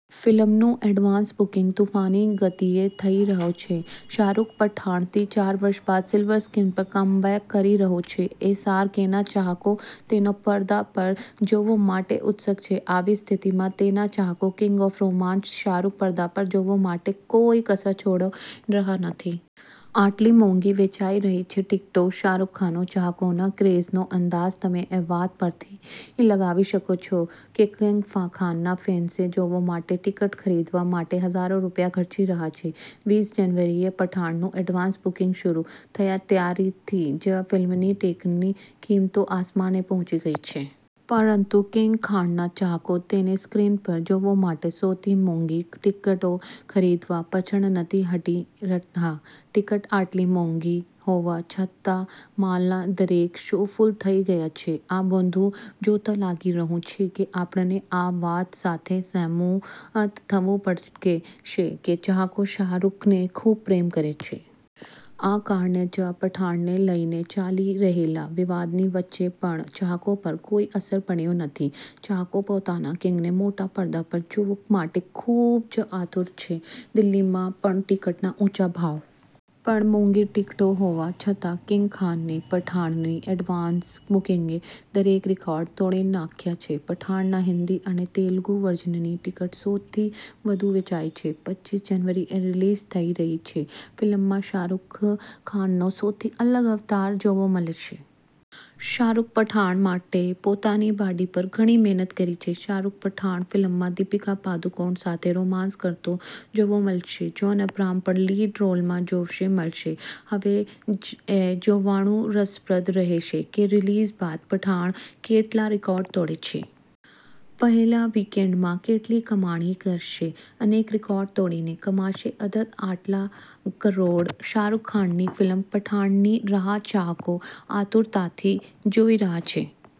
ફિલ્મનું advance booking તોફાની ગતિએ થઇ રહ્યું છે. શાહરૂખ પઠાણથી ચાર વર્ષ બાદ સિલ્વર સ્ક્રીન પર કમબેક કરી રહ્યો છે. એસ આર કેના ચાહકો તેને પડદા પર જોવા માટે ઉત્સુક છે. આવી સ્થિતિમાં તેના ચાહકો કિંગ ઓફ રોમાન્સ શાહરૂખને પડદા પર જોવા માટે કોઈ કસર છોડી રહ્યા નથી. આટલી મોંઘી વેચાઈ રહી છે ટિકિટો શાહરૂખના ચાહકોના ક્રેઝનો અંદાજ તમે એ વાત પરથી લગાવી શકો છો કે કિંગ ખાનના ફેન્સ જોવા માટે ટિકિટ ખરીદવા માટે હજારો રૂપિયા ખર્ચી રહ્યા છે.વીસ જાન્યુઆરીએ પઠાણનું એડવાન્સ બુકિંગ શરૂ થયું ત્યારથી જ ફિલ્મની ટિકિટની કિંમતો આસમાને પહોંચી ગઈ છે. પરંતુ કિંગ ખાનના ચાહકો તેને સ્ક્રીન પર જોવા માટે સૌથી મોંઘી ટિકિટો ખરીદવા પીછડ નથી હટી રહ્યા. ટિકિટ આટલી મોંઘી હોવા છતાં મોલના દરેક શો ફુલ થઈ ગયા છે. આ બધું જોતા લાગી રહ્યું છે કે, આપણે એ વાત સાથે સહમત થવું પડશે કે ચાહકો શાહરૂખને ખુબ પ્રેમ કરે છે. આ કારણે જ પઠાણને લઈને ચાલી રહેલા વિવાદની વચ્ચે પણ ચાહકો પર કોઈ અસર પડી નથી. ચાહકો તેમના કિંગને મોટા પડદા પર જોવા માટે ખુબ જ આતુર છે. દિલ્હીમાં પણ ટિકિટના ઊંચા ભાવ! પણ મોંઘી ટિકિટો હોવા છતાં કિંગખાનની પઠાણની એડવાન્સ બુકિંગે દરેક રેકોર્ડ તોડી નાખ્યા છે. 'પઠાણ'ના હિન્દી અને તેલુગુ વર્ઝનની ટિકિટ સૌથી વધુ વેચાઈ છે. પચીસ જાન્યુઆરીએ રિલીઝ થઈ રહી છે. ફિલ્મમાં શાહરૂખ ખાનનો સૌથી અલગ અવતાર જોવા મળશે. શાહરુખે પઠાણ માટે પોતાની બોડી પર ઘણી મહેનત કરી છે. શાહરૂખ પઠાણ ફિલ્મમાં દીપિકા પાદુકોણ સાથે રોમાન્સ કરતો જોવા મળશે. જોન અબ્રાહમ પણ લીડ રોલમાં જોવા મળશે. હવે એ જોવાનું રસપ્રદ રહેશે કે રિલીઝ બાદ પઠાણ કેટલા રેકોર્ડ તોડે છે. પહેલા વિકેન્ડમાં કેટલી કમાણી કરશે? અનેક રેકોર્ડ તોડી કમાશે અધધ આટલા કરોડ: શાહરૂખ ખાનની ફિલ્મ 'પઠાણ' ની રાહ ચાહકો આતુરતાથી જોઈ રહ્યા છે.